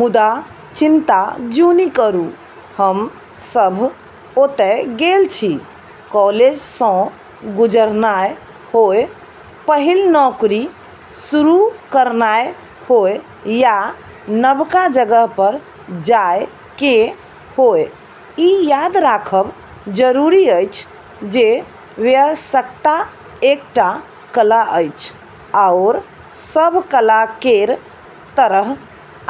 मुदा चिन्ता जुनि करू-हम सभ ओतय गेल छी। कॉलेज सँ गुजरनाय होय, पहिल नौकरी शुरू करनाय होय, या नवका जगह पर जाय केँ होय, ई याद राखब जरूरी अछि जे वयस्कता एकटा कला अछि, आओर सभ कला केर तरह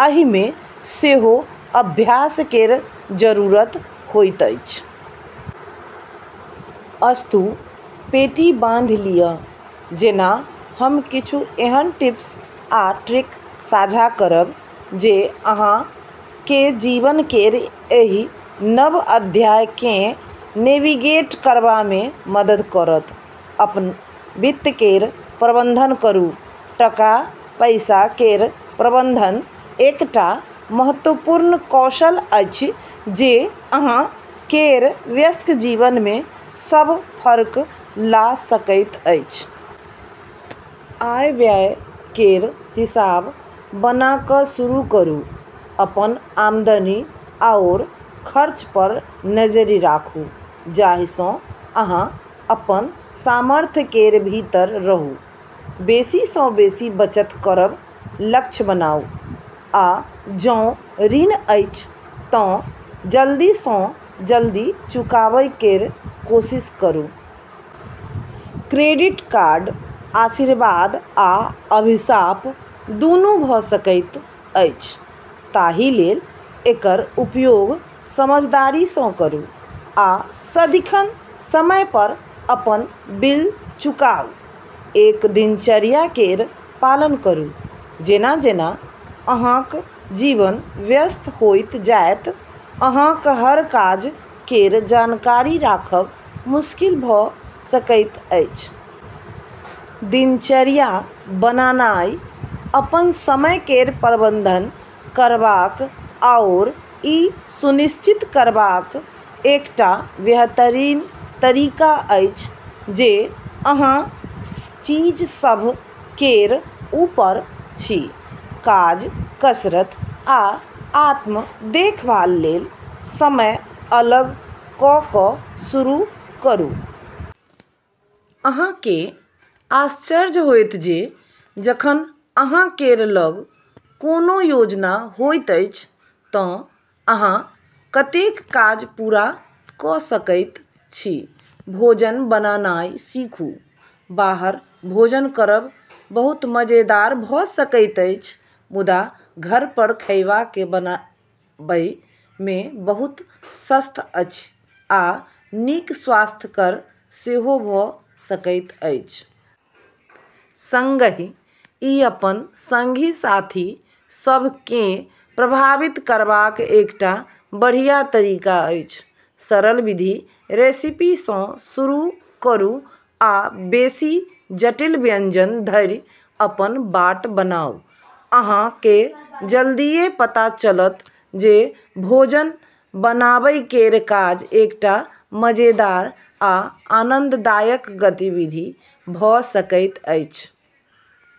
एहि मे सेहो अभ्यास केर जरूरत होइत अछि। अस्तु, पेटी बाँधि लियऽ जेना हम किछु एहन टिप्स आ ट्रिक साझा करब जे अहाँ केँ जीवन केर एहि नव अध्याय केँ नेविगेट करबा मे मदद करत। अपन वित्त केर प्रबंधन करू। टका-पैसा केर प्रबंधन एकटा महत्वपूर्ण कौशल अछि जे अहाँ केर वयस्क जीवन मे सब फर्क ला सकैत अछि। आय-व्यय केर हिसाब बना कऽ शुरू करू, अपन आमदनी आओर खर्च पर नजरि राखू जाहि सँ अहाँ अपन सामर्थ्य केर भीतर रहू। बेसी सँ बेसी बचत करब लक्ष्य बनाऊ, आ जों ऋण अछि तँ जल्दी सँ जल्दी चुकाबै केर कोशिश करू। क्रेडिट कार्ड आशीर्वाद आ अभिशाप दुनू भऽ सकैत अछि, ताहि लेल एकर उपयोग समझदारी सँ करू आ सदिखन समय पर अपन बिल चुकाऊ। एक दिनचर्या केर पालन करू। जेना-जेना अहाँक जीवन व्यस्त होइत जायत, अहाँक हर काज केर जानकारी राखब मुश्किल भऽ सकैत अछि। दिनचर्या बनानाइ अपन समय केर प्रबंधन करबाक आओर ई सुनिश्चित करबाक एकटा बेहतरीन तरीका अछि जे अहाँ चीज सभ केर ऊपर छी। काज, कसरत, आ आत्म-देखभाल लेल समय अलग कऽ कऽ शुरू करू। अहाँ केँ आश्चर्य होयत जे जखन अहाँ केर लग कोनो योजना होइत अछि तँ अहाँ कतेक काज पूरा कऽ सकैत छी। भोजन बनानाइ सीखू। बाहर भोजन करब बहुत मजेदार भऽ सकैत अछि, मुदा घर पर खैबाक बनाबै मे बहुत सस्त अछि आ नीक स्वास्थ्यकर सेहो भऽ सकैत अछि। संगहि, ई अपन संगी-साथी सभ केँ प्रभावित करबाक एकटा बढ़िया तरीका अछि! सरल विधि रेसिपी सँ शुरू करू आ बेसी जटिल व्यंजन धरि अपन बाट बनाऊ। अहाँ केँ जल्दिये पता चलत जे भोजन बनाबै केर काज एकटा मजेदार आ आनंददायक गतिविधि भऽ सकैत अछि।